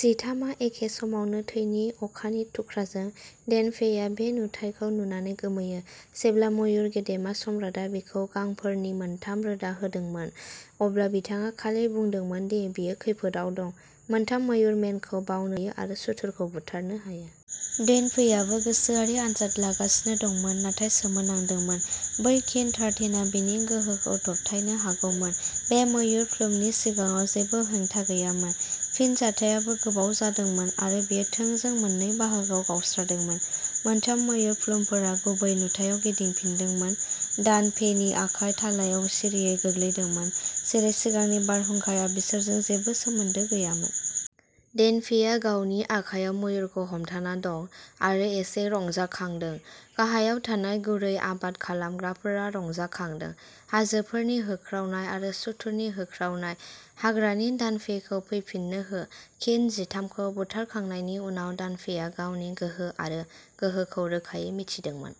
जिथामआ एखे समावनो थैनि अखानि थुख्राजों। डेन फेइया बे नुथायखौ नुनानै गोमोयो। जेब्ला मयुर गेदेमा सम्राटआ बिखौ गांफोरनि मोनथाम रोदा होदोंमोन, अब्ला बिथाङा खालि बुंदोंमोन दि बियो खैफोदआव दं। मोनथाम मयुर मेनखौ बावनो हायो आरो सुथुरखौ बुथारनो हायो। डेन फेइआबो गोसोआरि आनजाद लागासिनो दंमोन, नाथाय सोमोनांदोंमोन। बै किन थार्टिनआ बिनि गोहोखौ दबथायनो हागौमोन। बे मयुर प्लुमनि सिगाङाव, जेबो हेंथा गैयामोन। फिनजाथायाबो गोबाव जादोंमोन आरो बेयो थोंजों मोननै बाहागोआव गावस्रादोंमोन। मोनथाम मयुर प्लुमफोरा गुबै नुथायाव गिदिंफिनदोंमोन, दान फेइनि आखाइ थालायाव सिरियै गोलैदोंमोन, जेरै सिगांनि बारहुंखाया बिसोरजों जेबो सोमोन्दो गैयामोन। डेन फेइआ गावनि आखायाव मयुरखौ हमथाना दं आरो एसे रंजाखांदों। गाहायाव थानाय गुरै आबाद खालामग्राफोरा रंजाखांदों हाजोफोरनि होख्रावनाय आरो सुथुरनि होख्रावनाय। हाग्रानि, दान फेइखौ फैफिननो हो। किन जिथामखौ बुथारखांनायनि उनाव, दान फेइआ गावनि गोहो आरो गोहोखौ रोखायै मिथिदोंमोन।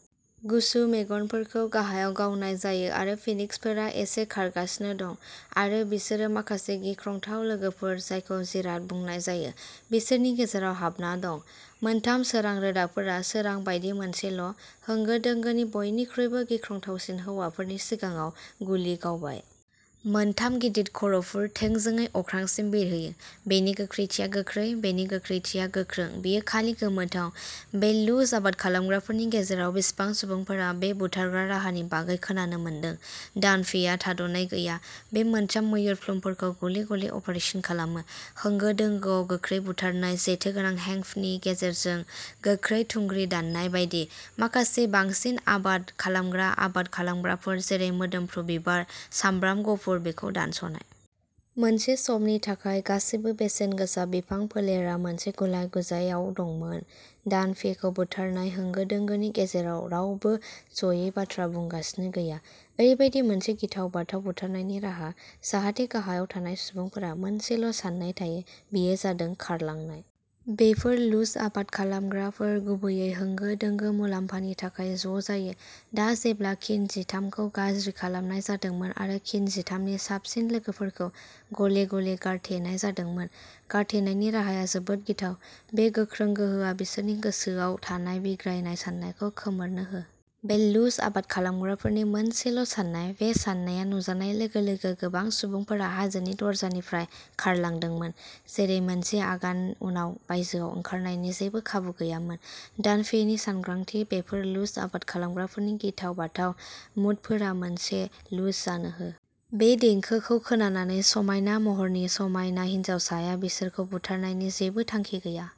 गुसु मेगनफोरखौ गाहायाव गावनाय जायो आरो फिनिक्सफोरा एसे खारगासिनो दं आरो बिसोरो माखासे गिख्रंथाव लोगोफोर जायखौ जिराद बुंनाय जायो, बिसोरनि गेजेराव हाबना दं। मोनथाम सोरां रोदाफोरा, सोरां बायदि मोनसेल' होंगो दोंगोनि बयनिख्रुइबो गिख्रंथावसिन हौवाफोरनि सिगाङाव गुलि गावबाय। मोनथाम गिदिर खर'फोर, थोंजोङै अख्रांसिम बिरहोयो। बेनि गोख्रैथिया गोख्रै, बेनि गोख्रैथिया गोख्रों, बेयो खालि गोमोथाव। बे लुज आबाद खालामग्राफोरनि गेजेराव बेसेबां सुबुंफोरा बे बुथारग्रा राहानि बागै खोनानो मोनदों दान फेइआ थाद'नाय गैया, बे मोनथाम मयुर प्लुमफोरखौ गले-गले अपारेसन खालामो, होंगो-दोंगोआव, गोख्रै बुथारनाय, जेथोगोनां हेंपनि गेजेरजों गोख्रै थुंग्रि दाननाय बायदि, माखासे बांसिन आबाद खालामग्रा आबाद खालामग्राफोर, जेरै मोदोमफ्रु बिबार सामब्राम गुफुर, बेखौ दानस'नाय। मोनसे समनि थाखाय, गासै बेसेनगोसा बिफां फोलेरा मोनसे गुलाय-गुजायाव दंमोन। दान फेइखौ बुथारनाय, होंगो-दोंगोनि गेजेराव रावबो ज'यै बाथ्रा बुंगासिनो गैया। ओरैबायदि मोनसे गिथाव-बाथाव बुथारनायनि राहा जाहाथे गाहायाव थानाय सुबुंफोरा मोनसेल' साननाय थायो, बेयो जादों खारलांनाय। बेफोर लुज आबाद खालामग्राफोर गुबैयै होंगो-दोंगो, मुलाम्फानि थाखाय ज' जायो। दा जेब्ला किन जिथाम खौ गाज्रि खालामनाय जादोंमोन आरो किन जिथाम नि साबसिन लोगोफोरखौ गले-गले गारथेनाय जादोंमोन। गारथेनायनि राहाया जोबोद गिथाव, बे गोख्रों गोहोआ बिसोरनि गोसोआव थानाय बिग्रायनाय साननायखौ गोमोरनो हो। बे लुज आबाद खालामग्राफोरनि मोनसेल' साननाय। बे सान्नाया नुजानाय लोगो लोगो गोबां सुबुंफोरा हाजोनि दरजानिफ्राय खारलांदोंमोन, जेरै मोनसे आगान उनाव बायजोआव ओंखारनायनि जेबो खाबु गैयामोन। दान फेइनि सांग्रांथि, बेफोर लुज आबाद खालामग्राफोरनि गिथाव-बाथाव मुडफोरा मोनसे लुज जानो हो। बे देंखोखौ खोनानानै समायना महरनि समायना हिनजावसाया बिसोरखौ बुथारनायनि जेबो थांखि गैया।